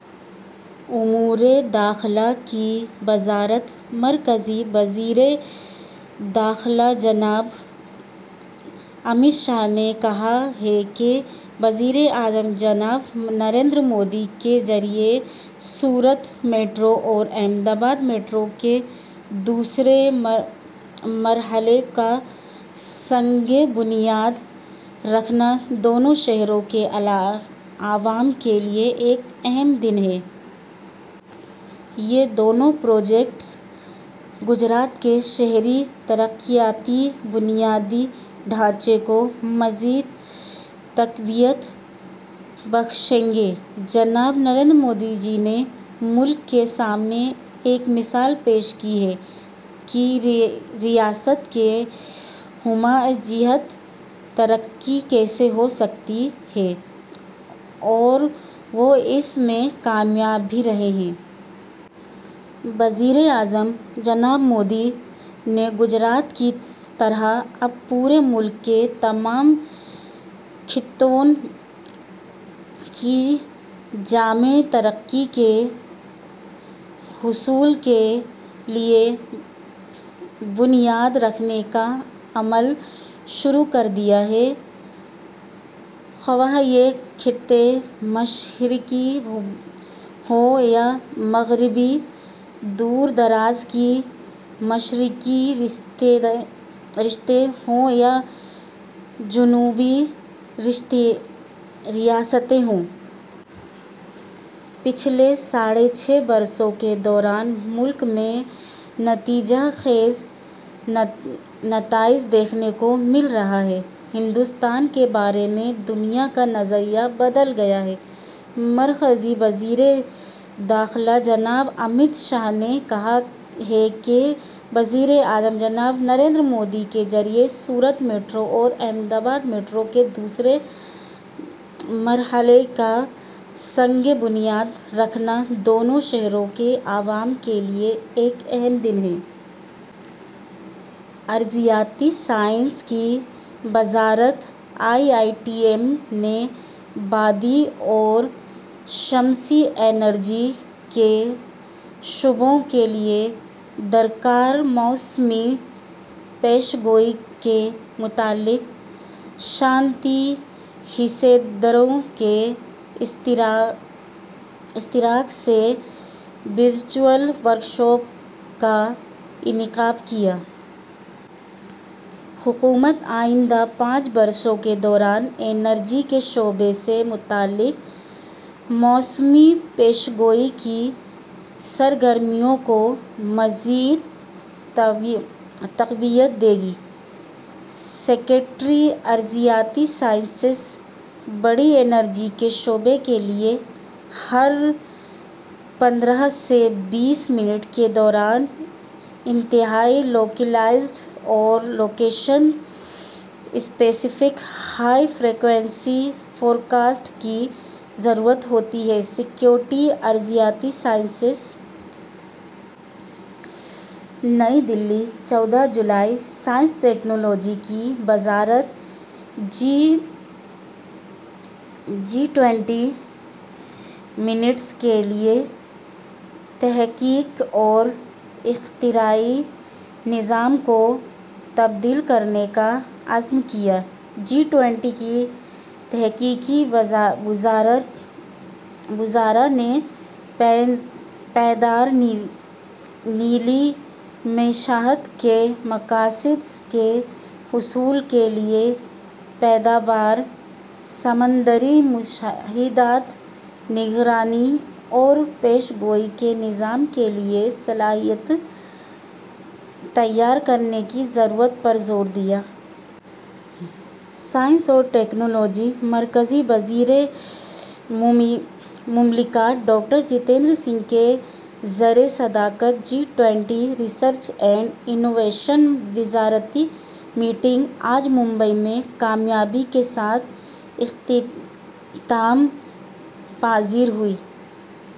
امور داخلہ کی وزارت مرکزی وزیر داخلہ جناب امیت شاہ نے کہا ہے کہ وزیر اعظم جناب نریندر مودی کے ذریعہ سورت میٹرو اور احمد آباد میٹرو کے دوسرے مرحلے کا سنگِ بنیاد رکھنا دونوں شہروں کے عوام کے لیے ایک اہم دن ہے۔ یہ دونوں پروجیکٹ گجرات کے شہری ترقیاتی بنیادی ڈھانچے کو مزید تقویت بخشیں گے۔ جناب نریندر مودی جی نے ملک کے سامنے ایک مثال پیش کی ہے کہ ریاست کی ہمہ جہت ترقی کیسے ہو سکتی ہے اور وہ اس میں کامیاب بھی رہے ہیں۔ وزیر اعظم جناب نریندر مودی نے گجرات کی طرح اب پورے ملک کے تمام خطوں کی جامع ترقی کے حصول کے لیے بنیاد رکھنے کا عمل شروع کر دیا ہے، خواہ یہ خطے مشرقی ہوں یا مغربی، دور دراز کی مشرقی ریاستیں ہوں یا جنوبی ریاستیں ہوں۔ پچھلے ساڑھے چھ برسوں کے دوران پورے ملک میں نتیجہ خیز نتائج دیکھنے کو مل رہے ہیں، ہندوستان کے بارے میں دنیا کا نظریہ بدل گیا ہے۔ مرکزی وزیر داخلہ جناب امیت شاہ نے کہا ہے کہ وزیر اعظم جناب نریندر مودی کے ذریعہ سورت میٹرو اور احمد آباد میٹرو کے دوسرے مرحلے کا سنگِ بنیاد رکھنا دونوں شہروں کے عوام کے لیے ایک اہم دن ہے۔ ارضیاتی سائنس کی وزارت آئی آئی ٹی ایم نے بادی اور شمسی توانائی کے شعبوں کے لیے درکار موسمیاتی پیش گوئی کے متعلق صنعتی حصص داروں کے اشتراک سے ورچوئل ورکشاپ کا انعقاد کیا۔ حکومت آئندہ پانچ برسوں کے دوران توانائی کے شعبے سے متعلق موسمیاتی پیش گوئی کی سرگرمیوں کو مزید تقویت دے گی: سکریٹری ارضیاتی سائنسز۔ بادی توانائی کے شعبے کے لیے ہر پندرہ سے بیس منٹ کے دوران انتہائی لوکلائزڈ اور location specific high frequency forecast کی ضرورت ہوتی ہے: سکریٹری ارضیاتی سائنسز۔ نئی دہلی، چودہ جولائی۔ سائنس اور ٹیکنالوجی کی وزارت جی ٹوئنٹی ریسرچ کے وزراء نے کل کے چیلنجوں سے نمٹنے کے لیے تحقیق اور اختراعی نظام کو تبدیل کرنے کا عزم کیا۔ جی ٹوئنٹی کے تحقیقی وزراء نے پائیدار نیلی معیشت کے مقاصد کے حصول کے لیے پائیدار سمندری مشاہدات، نگرانی اور پیشن گوئی کے نظام کے لیے صلاحیتوں کو تیار کرنے کی ضرورت پر زور دیا۔ سائنس اور ٹیکنالوجی کے مرکزی وزیر مملکت ڈاکٹر جتیندر سنگھ کی زیر صدارت G twenty research and innovation وزارتی میٹنگ آج ممبئی میں کامیابی کے ساتھ اختتام پذیر ہوئی۔